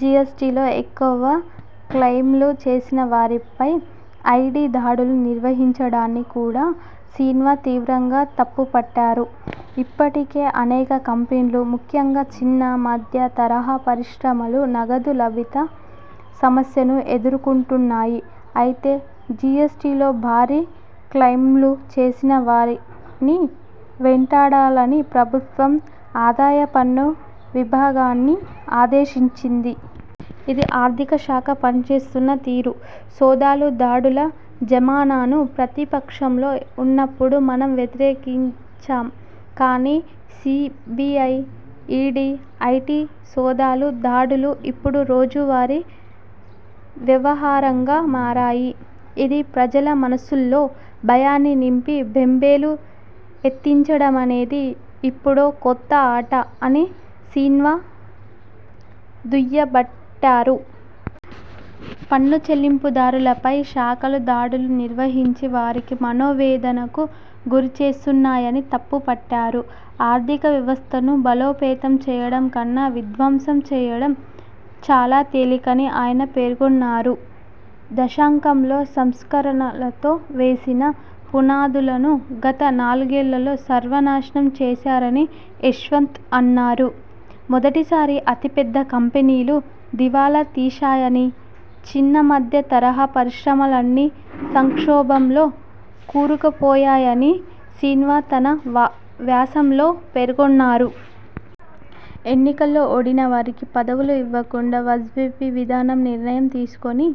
జీఎస్టీలో ఎక్కువ క్లెయిమ్ చేసిన వారిపై ఐటీ దాడులు నిర్వహించడాన్ని కూడా సిన్హా తీవ్రంగా తప్పుపట్టారు. ''ఇప్పటికే అనేక కంపెనీలు, ముఖ్యంగా చిన్న, మధ్య తరహా పరిశ్రమలు నగదు లభ్యత సమస్యను ఎదుర్కొంటున్నాయి. అయితే జీఎస్టీలో భారీ క్లెయిమ్లు చేసిన వారిని వెంటాడాలని ప్రభుత్వం ఆదాయపన్ను విభాగాన్ని ఆదేశించింది. ఇది ఆర్థిక శాఖ పనిచేస్తున్న తీరు. సోదాలు, దాడుల జమానాను ప్రతిపక్షంలో ఉన్నప్పుడు మనం వ్యతిరేకించాం. కానీ సీబీఐ, ఈడీ, ఐటీ సోదాలు, దాడులు ఇప్పుడు రోజువారీ వ్యవహారంగా మారాయి. ఇది ప్రజల మనస్సుల్లో భయాన్ని నింపి బేంబేలు ఎత్తించడమనేది ఇప్పుడో కొత్త ఆట '' అని సిన్హా దుయ్యబట్టారు. పన్ను చెల్లింపుదారులపై శాఖలు దాడులు నిర్వహించి వారిని మనోవేదనకు గురి చేస్తున్నాయని తప్పు పట్టారు. ఆర్ధిక వ్యవస్థను బలోపేతం చేయడం కన్నా విధ్వంసం చేయడం చాలా తేలికని ఆయన పేర్కొన్నారు. దశకంలో సంస్కరణలతో వేసిన పునాదులను గత నాలుగేళ్లలో సర్వనాశనం చేశారని యశ్వంత్ అన్నారు. మొదటిసారి అతిపెద్ద కంపెనీలు దివాలా తీశాయని, చిన్న, మధ్య తరహా పరిశ్రమలన్నీ సంక్షోభంలో కూరుకుపోయాయని సిన్హా తన వ్యాసంలో పేర్కొన్నారు. ఎన్నికల్లో ఓడిన వారికి పదవులు ఇవ్వకుండా వాజ్పేయి విధాన నిర్ణయం తీసుకుని,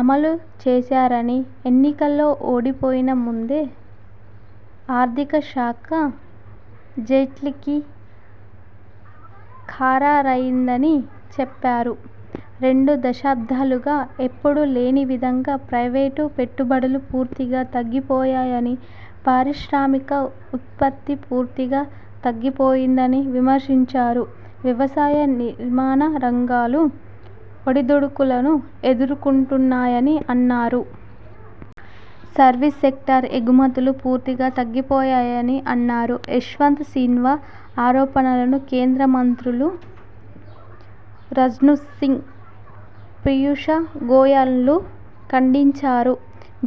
అమలు చేశారని, ఎన్నికల్లో ఓడిపోయినా ముందే ఆర్థిక శాఖ జైట్లీకి ఖరారైందని చెప్పారు. రెండు దశాబ్దాలుగా ఎప్పుడూ లేనివిధంగా ప్రైవేటు పెట్టుబడులు పూర్తిగా తగ్గిపోయాయని, పారిశ్రామిక ఉత్పత్తి పూర్తిగా తగ్గిపోయిందని విమర్శించారు. వ్యవసాయ, నిర్మాణ రంగాలు ఒడిదుడుకులను ఎదుర్కొంటున్నాయని అన్నారు. సర్వీస్ సెక్టార్, ఎగుమతులు పూర్తిగా తగ్గిపోయాయని అన్నారు. యశ్వంత్ సిన్హా ఆరోపణలను కేంద్ర మంత్రులు రాజ్నాథ్సింగ్, పియూష్ గోయల్లు ఖండించారు.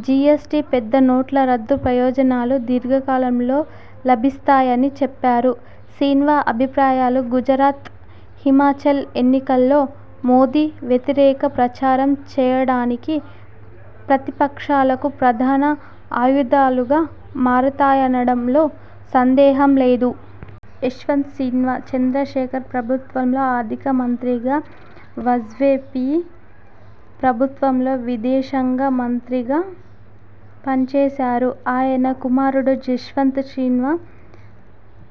జీఎస్టీ, పెద్ద నోట్ల రద్దు ప్రయోజనాలు దీర్ఘకాలంలో లభిస్తాయని చెప్పారు. సిన్హా అభిప్రాయాలు గుజరాత్, హిమాచల్ ఎన్నికల్లో మోదీ వ్యతిరేక ప్రచారం చేయడానికి ప్రతిపక్షాలకు ప్రధాన ఆయుధాలుగా మారతాయనడంలో సందేహం లేదు. యశ్వంత్ సిన్హా చంద్రశేఖర్ ప్రభుత్వంలో ఆర్థిక మంత్రిగా, వాజ్పేయి ప్రభుత్వంలో విదేశాంగ మంత్రిగా పనిచేశారు. ఆయన కుమారుడు జయంత్ సిన్హా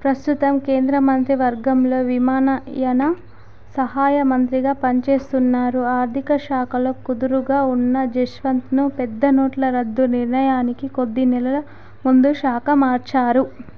ప్రస్తుతం కేంద్ర మంత్రివర్గంలో విమానయాన సహాయ మంత్రిగా పని చేస్తున్నారు. ఆర్థిక శాఖలో కుదురుగా ఉన్న జయంత్ను పెద్దనోట్ల రద్దు నిర్ణయానికి కొద్ది నెలల ముందు శాఖ మార్చారు.